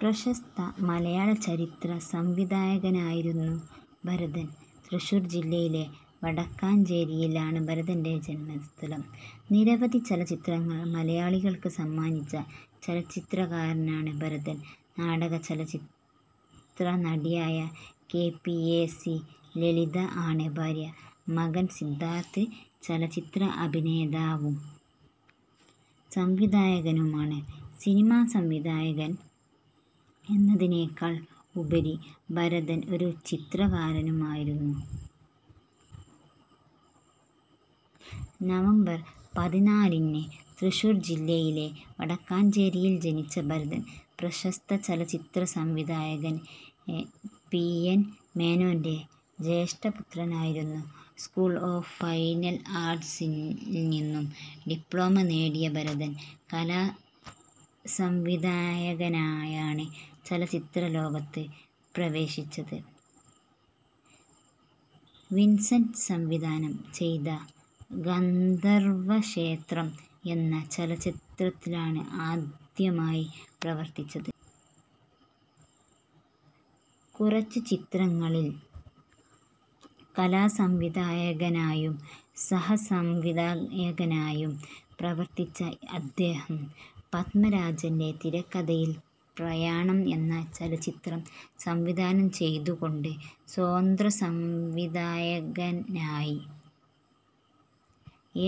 പ്രശസ്ത മലയാള ചലച്ചിത്ര സംവിധായകനായിരുന്നു ഭരതൻ. തൃശ്ശൂർ ജില്ലയിലെ വടക്കാഞ്ചേരി ആണ് ഭരതൻ്റെ ജന്മസ്ഥലം. നിരവധി ചലച്ചിത്രങ്ങൾ മലയാളികൾക്ക് സമ്മാനിച്ച ചലച്ചിത്രകാരനാണ് ഭരതൻ. നാടക ചലച്ചിത്രനടിയായ K. P. A. C. Lalitha ആണ് ഭാര്യ. മകൻ സിദ്ധാർഥ് ചലച്ചിത്ര അഭിനേതാവും സംവിധായകനുമാണ്. സിനിമ സംവിധായകൻ എന്നതിനെക്കാൾ ഉപരി ഭരതൻ ഒരു ചിത്രകരനും ആയിരുന്നു. നവംബർ പതിനാലിന് തൃശ്ശൂർ ജില്ലയിലെ വടക്കാഞ്ചേരിയിൽ ജനിച്ച ഭരതൻ പ്രശസ്ത ചലച്ചിത്രസംവിധായകൻ പി. എൻ. മേനോൻ്റെ ജ്യേഷ്ഠപുത്രനായിരുന്നു. സ്കൂൾ ഓഫ് ഫൈൻ ആർട്ട്സിൽ നിന്നും ഡിപ്ലോമ നേടിയ ഭരതൻ കലാസംവിധായകനായാണ് ചലച്ചിത്രലോകത്ത് പ്രവേശിച്ചത്. വിൻസെൻ്റ് സംവിധാനം ചെയ്ത ഗന്ധർവ ക്ഷേത്രം എന്ന ചലച്ചിത്രത്തിലാണ് ആദ്യമായി പ്രവർത്തിച്ചത്. കുറച്ചു ചിത്രങ്ങളിൽ കലാസംവിധായകനായും സഹസംവിധായകനായും പ്രവർത്തിച്ച അദ്ദേഹം, പത്മരാജൻ്റെ തിരക്കഥയിൽ പ്രയാണം എന്ന ചലച്ചിത്രം സംവിധാനം ചെയ്തുകൊണ്ട് സ്വതന്ത്രസംവിധായകനായി.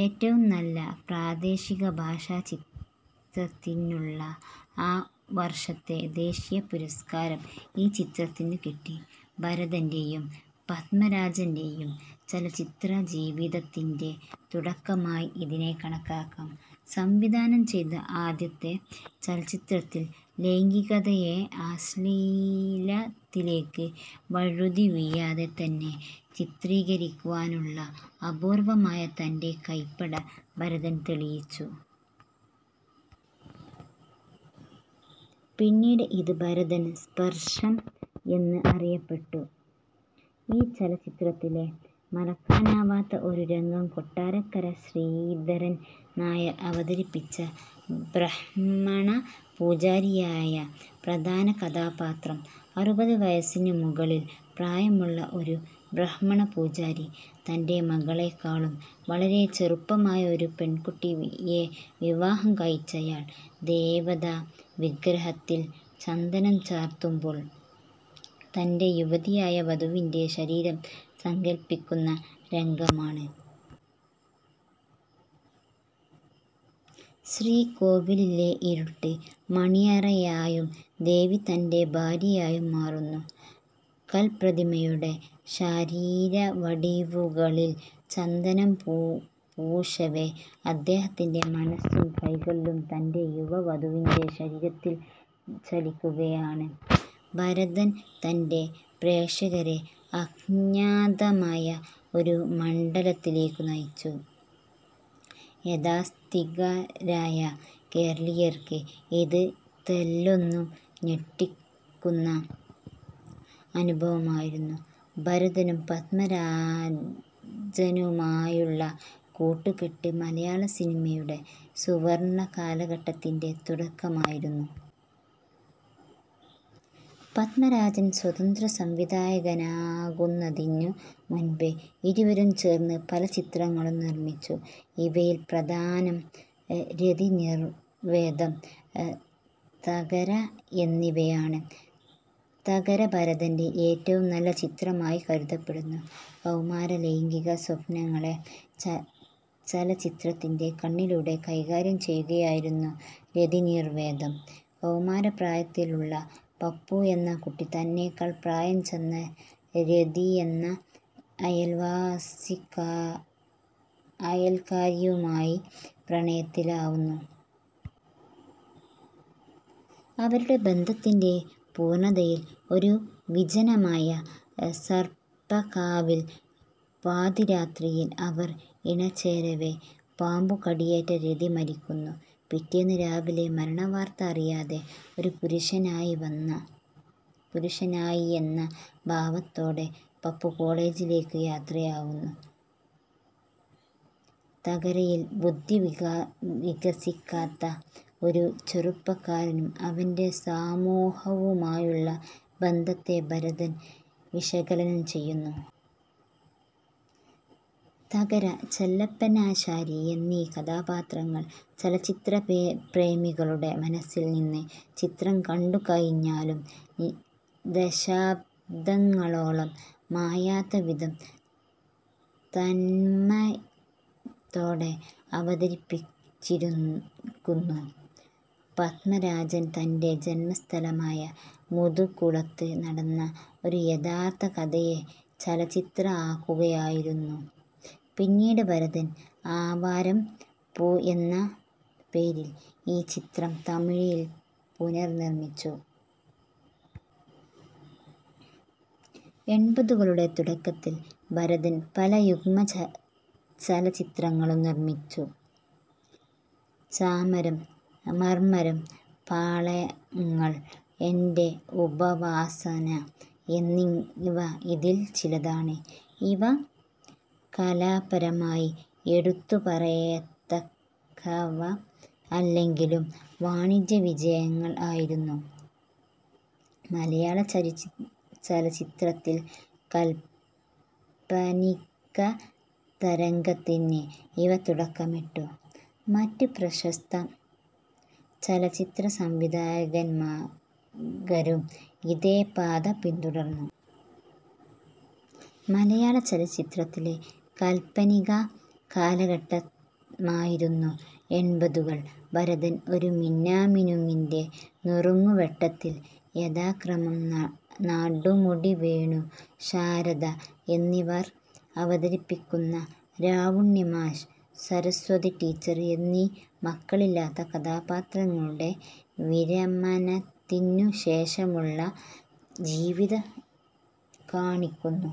ഏറ്റവും നല്ല പ്രാദേശികഭാഷാചിത്രത്തിനുള്ള ആ വർഷത്തെ ദേശീയപുരസ്കാരം ഈ ചിത്രത്തിനു കിട്ടി. ഭരതൻ്റേയും പത്മരാജൻ്റേയും ചലച്ചിത്രജീവിതത്തിൻ്റെ തുടക്കമായി ഇതിനെ കണക്കാക്കാം. സംവിധാനം ചെയ്ത ആദ്യത്തെ ചലച്ചിത്രത്തിൽ ലൈംഗികതയെ അശ്ലീലത്തിലേക്ക് വഴുതിവീഴാതെ തന്നെ ചിത്രീകരിക്കുവാനുള്ള അപൂർവ്വമായ തൻ്റെ കൈപ്പട ഭരതൻ തെളിയിച്ചു. പിന്നീട് ഇത് ഭരതൻ സ്പർശം എന്ന് അറിയപ്പെട്ടു. ഈ ചലച്ചിത്രത്തിലെ മറക്കാനാവാത്ത ഒരു രംഗം കൊട്ടാരക്കര ശ്രീധരൻ നായർ അവതരിപ്പിച്ച ബ്രാഹ്മണപൂജാരിയായ പ്രധാന കഥാപാത്രം അറുപത് വയസ്സിനു മുകളിൽ പ്രായമുള്ള ഒരു ബ്രാഹ്മണ പൂജാരി, തൻ്റെ മകളെക്കാളും വളരെ ചെറുപ്പമായ ഒരു പെൺകുട്ടിയെ വിവാഹം കഴിച്ചയാൾ, ദേവതാ വിഗ്രഹത്തിൽ ചന്ദനം ചാർത്തുമ്പോൾ തൻ്റെ യുവതിയായ വധുവിൻ്റെ ശരീരം സങ്കൽപ്പിക്കുന്ന രംഗമാണ്. ശ്രീകോവിലിലെ ഇരുട്ട് മണിയറയായും ദേവി തൻ്റെ ഭാര്യയായും മാറുന്നു. കൽപ്രതിമയുടെ ശരീരവടിവുകളിൽ ചന്ദനം പൂശവേ അദ്ദേഹത്തിൻ്റെ മനസ്സും കൈകളും തൻ്റെ യുവ വധുവിൻ്റെ ശരീരത്തിൽ ചലിക്കുകയാണ്. ഭരതൻ തൻ്റെ പ്രേക്ഷകരെ അജ്ഞാതമായ ഒരു മണ്ഡലത്തിലേക്കു നയിച്ചു. യാഥാസ്ഥിതികരായ കേരളീയർക്ക് ഇത് തെല്ലൊന്നു ഞെട്ടിക്കുന്ന അനുഭവമായിരുന്നു. ഭരതനും പത്മരാജനുമായുള്ള കൂട്ടുകെട്ട് മലയാള സിനിമയുടെ സുവർണ്ണ കാലഘട്ടത്തിൻ്റെ തുടക്കമായിരുന്നു. പത്മരാജൻ സ്വതന്ത്ര സംവിധായകനാകുന്നതിനു മുൻപേ ഇരുവരും ചേർന്ന് പല ചിത്രങ്ങളും നിർമ്മിച്ചു. ഇവയിൽ പ്രധാനം രതിനിർവ്വേദം, തകര എന്നിവയാണ്. തകര ഭരതൻ്റെ ഏറ്റവും നല്ല ചിത്രമായി കരുതപ്പെടുന്നു. കൗമാര ലൈംഗിക സ്വപ്നങ്ങളെ ചലച്ചിത്രത്തിൻ്റെ കണ്ണിലൂടെ കൈകാര്യം ചെയ്യുകയായിരുന്നു രതിനിർവ്വേദം. കൗമാര പ്രായത്തിലുള്ള പപ്പു എന്ന കുട്ടി തന്നെക്കാൾ പ്രായം ചെന്ന രതി എന്ന അയൽക്കാരിയുമായി പ്രണയത്തിലാവുന്നു. അവരുടെ ബന്ധത്തിൻ്റെ പൂർണ്ണതയിൽ ഒരു വിജനമായ സർപ്പക്കാവിൽ പാതിരാത്രിയിൽ ഇവർ ഇണചേരവേ പാമ്പുകടിയേറ്റ് രതി മരിക്കുന്നു. പിറ്റേന്ന് രാവിലെ മരണ വാർത്ത അറിയാതെ, ഒരു പുരുഷൻ ആയി എന്ന ഭാവത്തോടെ പപ്പു കോളേജിലേക്ക് യാത്രയാവുന്നു. തകരയിൽ ബുദ്ധി വികസിക്കാത്ത ഒരു ചെറുപ്പക്കാരനും അവൻ്റെ സമൂഹവുമായുള്ള ബന്ധത്തെ ഭരതൻ വിശകലനം ചെയ്യുന്നു. തകര, ചെല്ലപ്പനാശാരി എന്നീ കഥാപാത്രങ്ങൾ ചലച്ചിത്രപ്രേമികളുടെ മനസ്സിൽ നിന്ന് ചിത്രം കണ്ടു കഴിഞ്ഞാലും ദശാബ്ദങ്ങളോളം മായാത്ത വിധം തന്മയത്തോടെ അവതരിപ്പിച്ചിരിക്കുന്നു. പത്മരാജൻ തൻ്റെ ജന്മസ്ഥലമായ മുതുകുളത്ത് നടന്ന ഒരു യഥാർത്ഥ കഥയെ ചലച്ചിത്രം ആക്കുകയായിരുന്നു. പിന്നീട് ഭരതൻ ആവാരം പൂ എന്ന പേരിൽ ഈ ചിത്രം തമിഴിൽ പുനർനിർമ്മിച്ചു. എൺപതുകളുടെ തുടക്കത്തിൽ ഭരതൻ പല യുഗ്മ ചലച്ചിത്രങ്ങളും നിർമ്മിച്ചു. 'ചാമരം, മർമ്മരം, പാളങ്ങൾ, എൻ്റെ ഉപാസന' എന്നിവ ഇതിൽ ചിലതാണ്. ഇവ കലാപരമായി എടുത്തുപറയത്തക്കവ അല്ലെങ്കിലും വാണിജ്യ വിജയങ്ങൾ ആയിരുന്നു. മലയാളചലച്ചിത്രത്തിൽ കാല്പനിക തരംഗത്തിന് ഇവ തുടക്കമിട്ടു. മറ്റ് പ്രശസ്ത ചലച്ചിത്രസംവിധായകരും ഇതേ പാത പിന്തുടർന്നു. മലയാളചലച്ചിത്രത്തിലെ കാല്പനിക കാലഘട്ടമായിരുന്നു എൺപതുകൾ. ഭരതൻ, ഒരു മിന്നാമിനുങ്ങിൻ്റെ നുറുങ്ങുവെട്ടത്തിൽ, യഥാക്രമം നെടുമുടി വേണു ശാരദ എന്നിവർ അവതരിപ്പിക്കുന്ന രാവുണ്ണിമാഷ്, സരസ്വതി ടീച്ചർ എന്നീ മക്കളില്ലാത്ത കഥാപാത്രങ്ങളുടെ, വിരമനത്തിനു ശേഷമുള്ള ജീവിതം കാണിക്കുന്നു.